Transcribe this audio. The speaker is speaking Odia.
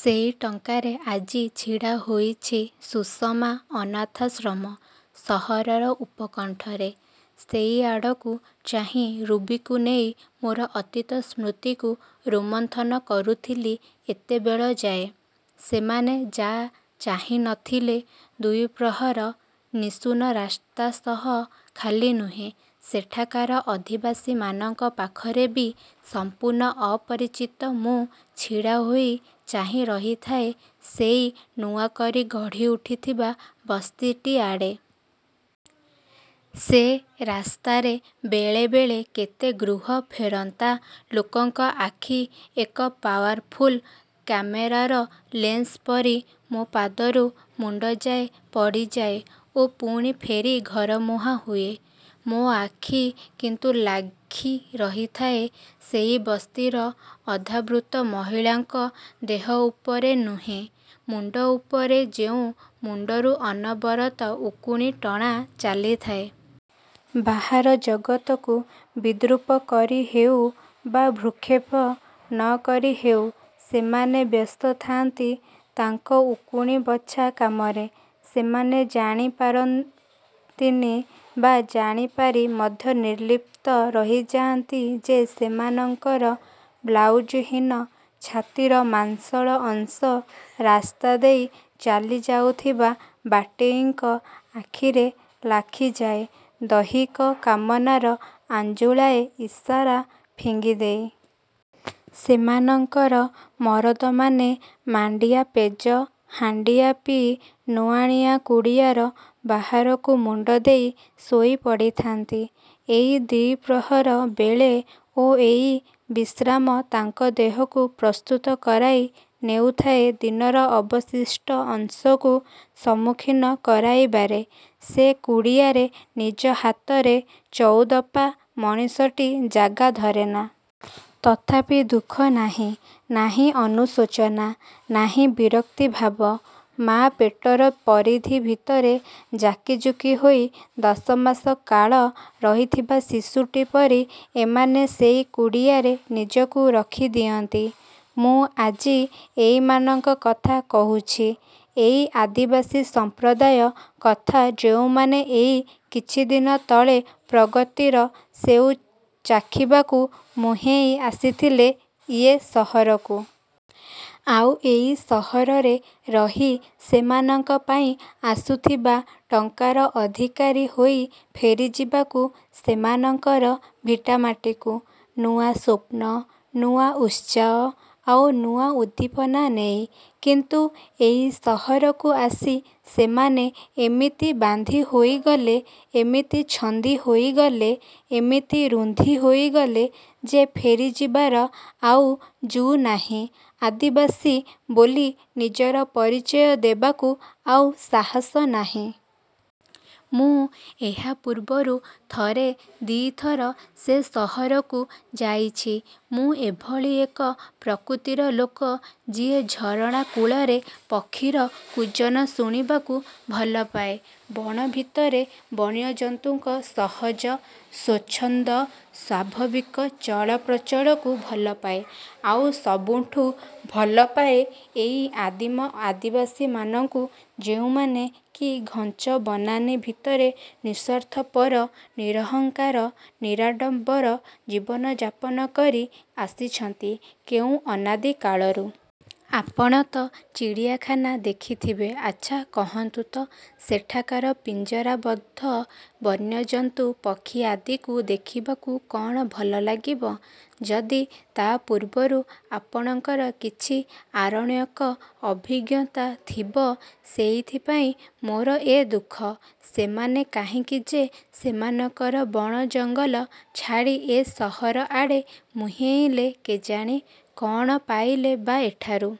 ସେଇ ଟଙ୍କାରେ ଆଜି ଛିଡ଼ାହୋଇଛି "ସୁଷମା ଅନାଥାଶ୍ରମ" ସହରର ଉପକଣ୍ଠରେ। ସେଇ ଆଡ଼କୁ ଚାହିଁ ରୁବିକୁ ନେଇ ମୋର ଅତୀତ ସ୍ମୃତିକୁ ରୋମନ୍ଥନ କରୁଥିଲି ଏତେବେଳଯାଏ। ସେମାନେ ଯା ଚାହିଁ ନ ଥିଲେ ଦ୍ଵିପ୍ରହର, ନିଶୂନ ରାସ୍ତା ସହ ଖାଲି ନୁହେଁ ସେଠାକାର ଅଧିବାସୀମାନଙ୍କ ପାଖରେ ବି ସମ୍ପୁର୍ଣ୍ଣ ଅପରିଚିତ ମୁଁ ଛିଡ଼ା ହୋଇ ଚାହିଁ ରହିଥାଏ ସେଇ ନୂଆକରି ଗଢ଼ି ଉଠିଥିବା ବସ୍ତିଟି ଆଡ଼େ। ସେ ରାସ୍ତାରେ ବେଳେବେଳେ କେତେ ଗୃହ ଫେରନ୍ତା ଲୋକଙ୍କ ଆଖି ଏକ ପାୱାରଫୁଲ୍ କାମେରାର ଲେନ୍ସ ପରି ମୋ' ପାଦରୁ ମୁଣ୍ଡଯାଏ ପଡ଼ିଯାଏ ଓ ପୁଣି ଫେରି ଘରମୁହାଁ ହୁଏ। ମୋ' ଆଖି କିନ୍ତୁ ଲାଖି ରହିଥାଏ ସେଇ ବସ୍ତିର ଅର୍ଦ୍ଧାବୃତ ମହିଳାଙ୍କ ଦେହ ଉପରେ ନୁହେଁ, ମୁଣ୍ଡ ଉପରେ ଯେଉଁ ମୁଣ୍ଡରୁ ଅନବରତ ଉକୁଣି ଟଣା ଚାଲିଥାଏ। ବାହାର ଜଗତକୁ ବିଦ୍ରୁପ କରି ହେଉ ବା ଭ୍ରୁକ୍ଷେପ ନ କରି ହେଉ ସେମାନେ ବ୍ୟସ୍ତ ଥାନ୍ତି ତାଙ୍କ ଉକୁଣି ବଛା କାମରେ। ସେମାନେ ଜାଣି ପାରନ୍ତିନି ବା ଜାଣିପାରି ମଧ୍ୟ ନିର୍ଲିପ୍ତ ରହିଯାଆନ୍ତି ଯେ ସେମାନଙ୍କର ବ୍ଲାଉଜହୀନ ଛାତିର ମାଂସଳ ଅଂଶ ରାସ୍ତାଦେଇ ଚାଲି ଯାଉଥିବା ବାଟେଇଙ୍କ ଆଖିରେ ଲାଖିଯାଏ ଦୈହିକ କାମନାର ଆଞ୍ଜୁଳାଏ ଇସାରା ଫିଙ୍ଗିଦେଇ। ସେମାନଙ୍କର ମରଦମାନେ ମାଣ୍ଡିଆ ପେଜ, ହାଣ୍ଡିଆ ପିଇ ନୁଆଁଣିଆ କୁଡ଼ିଆର ବାହାରକୁ ମୁଣ୍ଡଦେଇ ଶୋଇ ପଡ଼ିଥାନ୍ତି ଏଇ ଦ୍ୱିପ୍ରହର ବେଳେ ଓ ଏଇ ବିଶ୍ରାମ ତାଙ୍କ ଦେହକୁ ପ୍ରସ୍ତୁତ କରାଇ ନେଉଥାଏ ଦିନର ଅବଶିଷ୍ଟ ଅଂଶକୁ ସମ୍ମୁଖୀନ କରାଇବାରେ। ସେ କୁଡ଼ିଆରେ ନିଜ ହାତରେ ଚଉଦପା' ମଣିଷଟି ଜାଗା ଧରେନା। ତଥାପି ଦୁଃଖ ନାହିଁ, ନାହିଁ ଅନୁଶୋଚନା, ନାହିଁ ବିରକ୍ତି ଭାବ। ମାଆ ପେଟର ପରିଧି ଭିତରେ ଜାକି ଜୁକି ହୋଇ ଦଶମାସ କାଳ ରହିଥିବା ଶିଶୁଟି ପରି ଏମାନେ ସେଇ କୁଡ଼ିଆରେ ନିଜକୁ ରଖିଦିଅନ୍ତି। ମୁଁ ଆଜି ଏଇମାନଙ୍କ କଥା କହୁଛି। ଏଇ ଆଦିବାସୀ ସମ୍ପ୍ରଦାୟ କଥା ଯେଉଁମାନେ ଏଇ କିଛିଦିନ ତଳେ ପ୍ରଗତିର ସେଉ ଚାଖିବାକୁ ମୁହେଁଇ ଆସିଥିଲେ ଇଏ ସହରକୁ। ଆଉ ଏଇ ସହରରେ ରହି ସେମାନଙ୍କ ପାଇଁ ଆସୁଥିବା ଟଙ୍କାର ଅଧିକାରୀ ହୋଇ ଫେରିଯିବାକୁ ସେମାନଙ୍କର ଭିଟାମାଟିକୁ–ନୂଆ ସ୍ଵପ୍ନ, ନୂଆ ଉତ୍ସାହ ଆଉ ନୂଆ ଉଦ୍ଦୀପନା ନେଇ; କିନ୍ତୁ ଏଇ ସହରକୁ ଆସି ସେମାନେ ଏମିତି ବାନ୍ଧି ହୋଇଗଲେ, ଏମିତି ଛନ୍ଦି ହୋଇଗଲେ, ଏମିତି ରୁନ୍ଧି ହୋଇଗଲେ ଯେ ଫେରିଯିବାର, ଆଉ ଜୁ ନାହିଁ ଆଦିବାସୀ ବୋଲି ନିଜର ପରିଚୟ ଦେବାକୁ ଆଉ ସାହସ ନାହିଁ। ମୁଁ ଏହା ପୂର୍ବରୁ ଥରେ ଦି'ଥର ସେ ସହରକୁ ଯାଇଛି। ମୁଁ ଏଭଳି ଏକ ପ୍ରକୃତିର ଲୋକ, ଯିଏ ଝରଣା କୂଳରେ ପକ୍ଷୀର କୂଜନ ଶୁଣିବାକୁ ଭଲପାଏ, ବଣ ଭିତରେ ବଣ୍ୟଜନ୍ତୁଙ୍କ ସହଜ, ସ୍ଵଚ୍ଛନ୍ଦ, ସ୍ଵାଭାବିକ ଚଳ ପ୍ରଚଳକୁ ଭଲପାଏ, ଆଉ ସବୁଠୁଁ ଭଲପାଏ ଏଇ ଆଦିମ ଆଦିବାସୀମାନଙ୍କୁ ଯେଉଁମାନେ କି ଘଞ୍ଚ ବନାନୀ ଭିତରେ ନିଃସ୍ଵାର୍ଥପର ନିରହଂକାର, ନିରାଡ଼ମ୍ବର ଜୀବନଯାପନ କରି ଆସିଛନ୍ତି କେଉଁ ଅନାଦି କାଳରୁ। ଆପଣ ତ ଚିଡ଼ିଆଖାନା ଦେଖିଥିବେ। ଆଚ୍ଛା କହନ୍ତୁ ତ ସେଠାକାର ପିଞ୍ଜରାବଦ୍ଧ ବନ୍ୟଜନ୍ତୁ ପକ୍ଷୀ ଆଦିକୁ ଦେଖିବାକୁ କ'ଣ ଭଲଲାଗିବ, ଯଦି ତା' ପୂର୍ବରୁ ଆପଣଙ୍କର କିଛି ଆରଣ୍ୟକ ଅଭିଜ୍ଞତା ଥିବ! ସେଇଥିପାଇଁ ମୋର ଏ ଦୁଃଖ। ସେମାନେ କାହିଁକି ଯେ ସେମାନଙ୍କର ବଣଜଙ୍ଗଲ ଛାଡ଼ି ଏ ସହର ଆଡ଼େ ମୁହେଁଇଲେ କେଜାଣି? କ'ଣ ପାଇଲେ ବା ଏଠାରୁ?